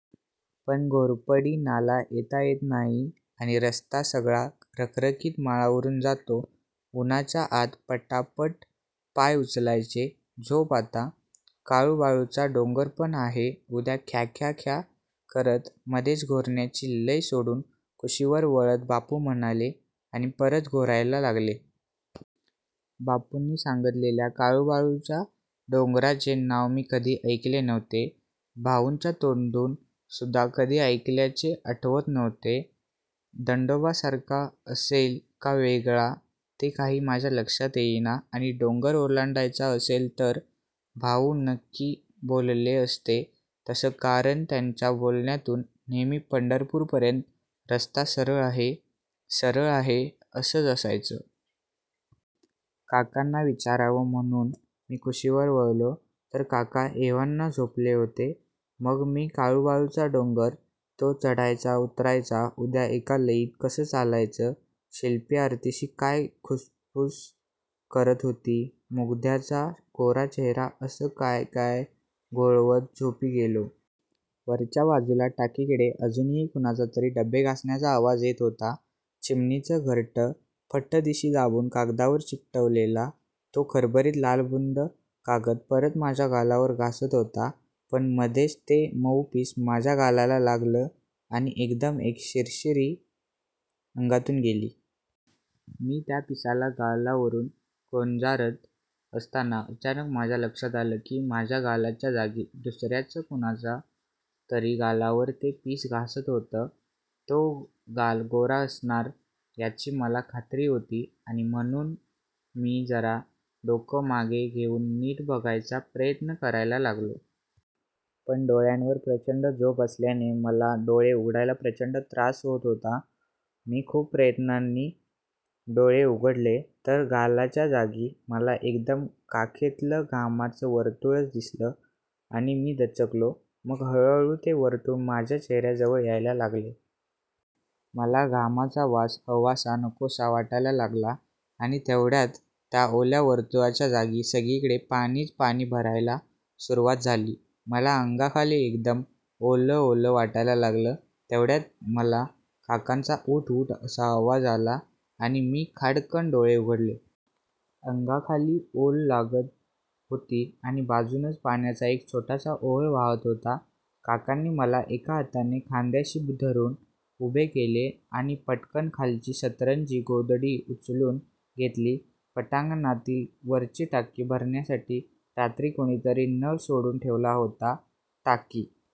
पण घोरपडी नाला येता येत नाही आणि रस्ता सगळा रखरखीत माळावरुन जातो. उन्हाच्या आत पटापट पाय उचलायचे. झोप आता. काळूबाळूचा डोंगर पण आहे उद्या ख्याख्याख्या करत मध्येच घोरण्याची लय सोडून कुशीवर वळत बापू म्हणाले आणि परत घोरायला लागले. बापूंनी सांगितलेल्या काळूबाळूच्या डोंगराचे नाव मी कधी ऐकले नव्हते. भाउंच्या तोंडून सुद्धा कधी ऐकल्याचे आठवत नव्हते. दंडोबासारखा असेल का वेगळा ते काही माझ्या लक्षात येईना आणि डोंगर ओलांडायचा असेल तर भाऊ नक्की बोलले असते तसं कारण त्यांच्या बोलण्यातून नेहेमी पंढरपूरपर्यंत रस्ता सरळ आहे, सरळ आहे असच असायचं. काकांना विचारावं म्हणुन मी कुशीवर वळलो तर काका एव्हाना झोपले होते. मग मी काळूबाळूचा डोंगर, तो चढायचा-उतरायचा, उद्या एका लयीत कसं चालायचं, शिल्पी आरतीशी काय खुसफुस करत होती, मुग्धाचा गोरा चेहरा असं काय काय घोळवत झोपी गेलो. वरच्या बाजूला टाकीकडं अजूनही कुणाचातरी डबे घासण्याचा आवाज येत होता. चिमणीचं घरटं फट्टदिशी दाबून कागदावर चिकटवलेला तो खरबरीत लालबुंद कागद परत माझ्या गालावर घासत होता. पण मधेच ते मउ पीस माझ्या गालाला लागलं आणि एकदम एक शिरशिरी अंगातून गेली. मी त्या पिसाला गालावरुन गोंजारत असताना अचानक माझ्या लक्षात आलं की माझ्या गालाच्या जागी दुसर्याच कुणाचा तरी गालावर ते पीस घासत होतं. तो गाल गोरा असणार ह्याची मला खात्री होती आणि म्हणुन मी जरा डोकं मागे घेउन नीट बघायचा प्रयत्न करायला लागलो. पण डोळ्यावर प्रचंड झोप असल्यानं मला डोळे उघडायला प्रचंड त्रास होत होता. मी खूप प्रयत्नाने डोळे उघडले तर गालाच्या जागी मला एकदम काखेतलं घामाचं वर्तुळच दिसलं आणि मी दचकलो. मग हळुहळु ते वर्तुळ माझ्या चेहर्याजवळ यायला लागले. मला घामाचा वास हवासा-नकोसा वाटायला लागला आणि तेव्हड्यात त्या ओल्या वर्तुळाच्या जागी सगळीकडे पाणीच पाणी भरायला सुरुवात झाली. मला अंगाखाली एकदम ओलं ओलं वाटायला लागलं. तेव्हड्यात मला काकांचा उठ उठ असा आवाज आला आणि मी खाडकन् डोळे उघडले. अंगाखाली ओल लागत होती आणि बाजूनच पाण्याचा एक छोटासा ओहळ वाहत होता. काकांनी मला एका हाताने खांद्याशी धरुन उभे केले आणि पटकन खालची सतरंजी-गोधडी उचलून घेतली. पटांगणातली वरची टाकी भरण्यासाठी रात्री कुणीतरी नळ सोडून ठेवला होता. टाकी